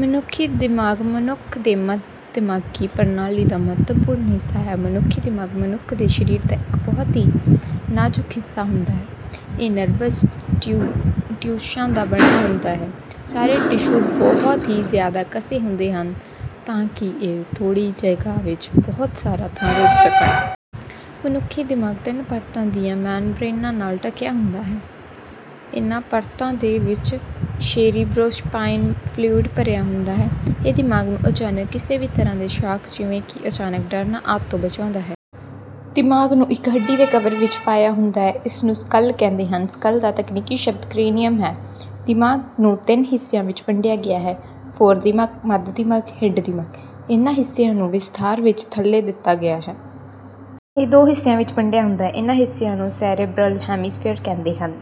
ਮਨੁੱਖੀ ਦਿਮਾਗ ਮਨੁੱਖ ਦੇ ਮੱਧ ਦਿਮਾਗੀ ਪ੍ਰਣਾਲੀ ਦਾ ਮਹਤਵਪੂਰਣ ਹਿੱਸਾ ਹੈ। ਮਨੁੱਖੀ ਦਿਮਾਗ ਮਨੁਖ ਦੇ ਸਰੀਰ ਦਾ ਇੱਕ ਬਹੁਤ ਹੀ ਨਾਜ਼ੁਕ ਹਿੱਸਾ ਹੁੰਦਾ ਹੈ। ਇਹ ਨਰਵਸ ਟਿਸ਼ੂਆਂ ਦਾ ਬਣਿਆ ਹੁੰਦਾ ਹੈ। ਸਾਰੇ ਟਿਸ਼ੂ ਬਹੁਤ ਹੀ ਜਿਆਦਾ ਕਸੇ ਹੁੰਦੇ ਹਨ ਤਾਂ ਕਿ ਇਹ ਥੋੜੀ ਜਗਹ ਵਿੱਚ ਬਹੁਤ ਸਾਰਾ ਥਾਂ ਰੋਕ ਸਕਣ. ਮਨੁੱਖੀ ਦਿਮਾਗ ਤਿੰਨ ਪਰਤਾਂ ਦੀਆਂ ਮੈਮਬ੍ਰੇਨਾਂ ਨਾਲ ਢਕਿਆ ਹੁੰਦਾ ਹੈ। ਇਹਨਾਂ ਪਰਤਾਂ ਦੇ ਵਿੱਚ ਸੇਰੀਬਰੋਸਪਾਇਨਲ ਫਲੂਡ ਭਰਿਆ ਹੁੰਦਾ ਹੈ। ਇਹ ਦਿਮਾਗ ਨੂੰ ਅਚਾਨਕ ਕਿਸੇ ਵੀ ਤਰਾਂ ਦੇ ਸ਼ਾਕ ਜਿਵੇਂ ਕਿ ਅਚਾਨਕ ਡਰਨਾ, ਆਦਿ ਤੋਂ ਬਚਾਉਂਦਾ ਹੈ। ਦਿਮਾਗ ਨੂੰ ਇੱਕ ਹੱਡੀ ਦੇ ਕਵਰ ਵਿੱਚ ਪਾਇਆ ਹੁੰਦਾ ਹੈ, ਇਸਨੂੰ ਸਕੱਲ ਕਿਹੰਦੇ ਹਨ। ਸਕੱਲ ਦਾ ਤਕਨੀਕੀ ਸ਼ਬਦ ਕਰੇਨੀਅਮ ਹੈ। ਦਿਮਾਗ ਨੂੰ ਤਿੰਨ ਹਿੱਸਿਆਂ ਵਿੱਚ ਵੰਡਿਆ ਗਿਆ ਹੈ – ਫ਼ੋਰਦਿਮਾਗ, ਮੱਧਦਿਮਾਗ, ਹਿੰਡਦਿਮਾਗ. ਇਹਨਾਂ ਹਿੱਸਿਆਂ ਨੂੰ ਵਿਸਥਾਰ ਵਿੱਚ ਥੱਲੇ ਦਿੱਤਾ ਗਿਆ ਹੈ। ਇਹ ਦੋ ਹਿੱਸਿਆਂ ਵਿੱਚ ਵੰਡਿਆ ਹੁੰਦਾ ਹੈ। ਇਹਨਾਂ ਹਿੱਸਿਆਂ ਨੂੰ ਸੇਰੇਬਰਲ ਹੈਮੀਸਫੇਰ ਕਿਹੰਦੇ ਹਨ।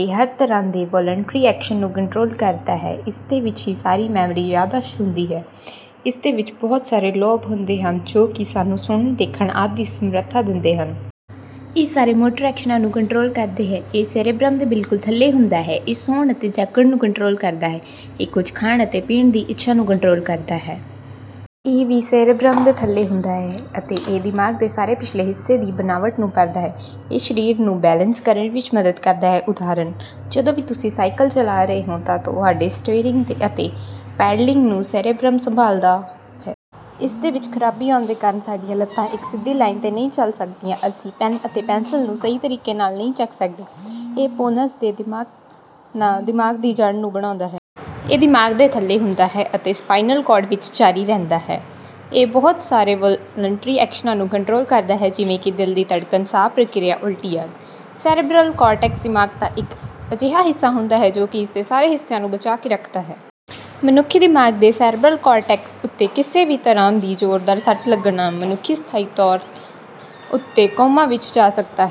ਇਹ ਹਰ ਤਰਾਂ ਦੇ ਵੋਲਲੰਟਰੀ ਐਕਸ਼ਨ ਨੂੰ ਕੰਟ੍ਰੋਲ ਕਰਦਾ ਹੈ। ਇਸਦੇ ਵਿੱਚ ਹੀ ਸਾਰੀ ਮੈਮਰੀ/ ਯਾਦਾਸ਼ਤ ਹੁੰਦੀ ਹੈ। ਇਸਦੇ ਵਿੱਚ ਬਹੁਤ ਸਾਰੇ ਲੋਬ ਹੁੰਦੇ ਹਨ ਜੋ ਕਿ ਸਾਨੂੰ ਸੁਣਨ, ਦੇਖਣ, ਆਦਿ ਦੀ ਸਮਰਥਾ ਦਿੰਦੇ ਹਨ। ਇਹ ਸਾਰੇ ਮੋਟਰ ਐਕਸ਼ਨਾਂ ਨੂੰ ਕੰਟ੍ਰੋਲ ਕਰਦੇ ਹੈ। ਇਹ ਸੇਰੇਬਰਮ ਦੇ ਬਿਲਕੁਲ ਥੱਲੇ ਹੁੰਦਾ ਹੈ। ਇਹ ਸੌਂਣ ਅਤੇ ਜਾਗਣ ਨੂੰ ਕੰਟ੍ਰੋਲ ਕਰਦਾ ਹੈ। ਇਹ ਕੁੱਝ ਖਾਣ ਅਤੇ ਪੀਣ ਦੀ ਇੱਛਾ ਨੂੰ ਕੰਟ੍ਰੋਲ ਕਰਦਾ ਹੈ। ਇਹ ਵੀ ਸੇਰੇਬਰਮ ਦੇ ਥੱਲੇ ਹੁੰਦਾ ਹੈ ਅਤੇ ਇਹ ਦਿਮਾਗ ਦੇ ਸਾਰੇ ਪਿਛਲੇ ਹਿੱਸੇ ਦੀ ਬਨਾਵਟ ਨੂੰ ਭਰਦਾ ਹੈ। ਇਹ ਸਰੀਰ ਨੂੰ ਬੈਲਸ ਕਰਨ ਵਿੱਚ ਮਦਦ ਕਰਦਾ ਹੈ। ਉਦਹਾਰਣ: ਜਦੋਂ ਵੀ ਤੁਸੀਂ ਸਾਈਕਲ ਚਲਾ ਰਹੇ ਹੁੰਦੇ ਹੋ, ਤਾਂ ਤੁਹਾਡੇ ਸਟੀਅਰਰਿੰਗ ਅਤੇ ਪੈਡਲਿੰਗ ਨੂੰ ਸੇਰੇਬੈਰਮ ਸੰਭਾਲਦਾ ਹੈ। ਇਸਦੇ ਵਿੱਚ ਖਰਾਬੀ ਆਉਣ ਦੇ ਕਾਰਨ ਸਾਡੀਆਂ ਲੱਤਾਂ ਇੱਕ ਸਿੱਧੀ ਲਾਇਨ 'ਤੇ ਨਹੀਂ ਚੱਲ ਸਕਦੀਆਂ। ਅਸੀਂ ਪੈਨ ਅਤੇ ਪੈਨਸਿਲ ਨੂੰ ਸਹੀ ਤਰੀਕੇ ਨਾਲ ਨਹੀਂ ਚੱਕ ਸਕਦੇ। ਇਹ ਪੋਨਸ ਦੇ ਨਾਲ ਦਿਮਾਗ ਦੀ ਜੜ੍ਹ ਨੂੰ ਬਣਾਉਂਦਾ ਹੈ। ਇਹ ਦਿਮਾਗ ਦੇ ਥੱਲੇ ਹੁੰਦਾ ਹੈ ਅਤੇ ਸਪਾਈਨਲ ਕੋਰਡ ਵਿੱਚ ਜਾਰੀ ਰਹਿੰਦਾ ਹੈ। ਇਹ ਬਹੁਤ ਸਾਰੇ ਇਨਵੋਲੰਟਰੀ ਐਕਸ਼ਨਾਂ ਨੂੰ ਕੰਟ੍ਰੋਲ ਕਰਦਾ ਹੈ ਜਿਵੇਂ ਕਿ ਦਿਲ ਦੀ ਧੜਕਨ, ਸਾਹ ਪ੍ਰਕਿਰਿਆ, ਉਲਟੀ, ਆਦਿ। ਸੈਰਬਰਲ ਕੋਰਟੈਕਸ ਦਿਮਾਗ ਦੀ ਇੱਕ ਹਿੱਸਾ ਹੁੰਦਾ ਹੈ ਜੋ ਕੀ ਇਸਦੇ ਸਾਰੇ ਹਿੱਸਿਆਂ ਨੂੰ ਬਚਾ ਕੇ ਰੱਖਦਾ ਹੈ। ਮਨੁੱਖੀ ਦਿਮਾਗ ਦੇ ਸੈਰਬਰਲ ਕੋਰਟੈਕਸ ਉੱਤੇ ਕਿਸੇ ਵੀ ਤਰਾਂ ਦੀ ਜੋਰਦਾਰ ਸੱਟ ਲੱਗਣ ਨਾਲ ਮਨੁੱਖ ਸਥਾਈ ਤੌਰ ਉੱਤੇ ਕੋਮਾ ਵਿੱਚ ਜਾ ਸਕਦਾ ਹੈ।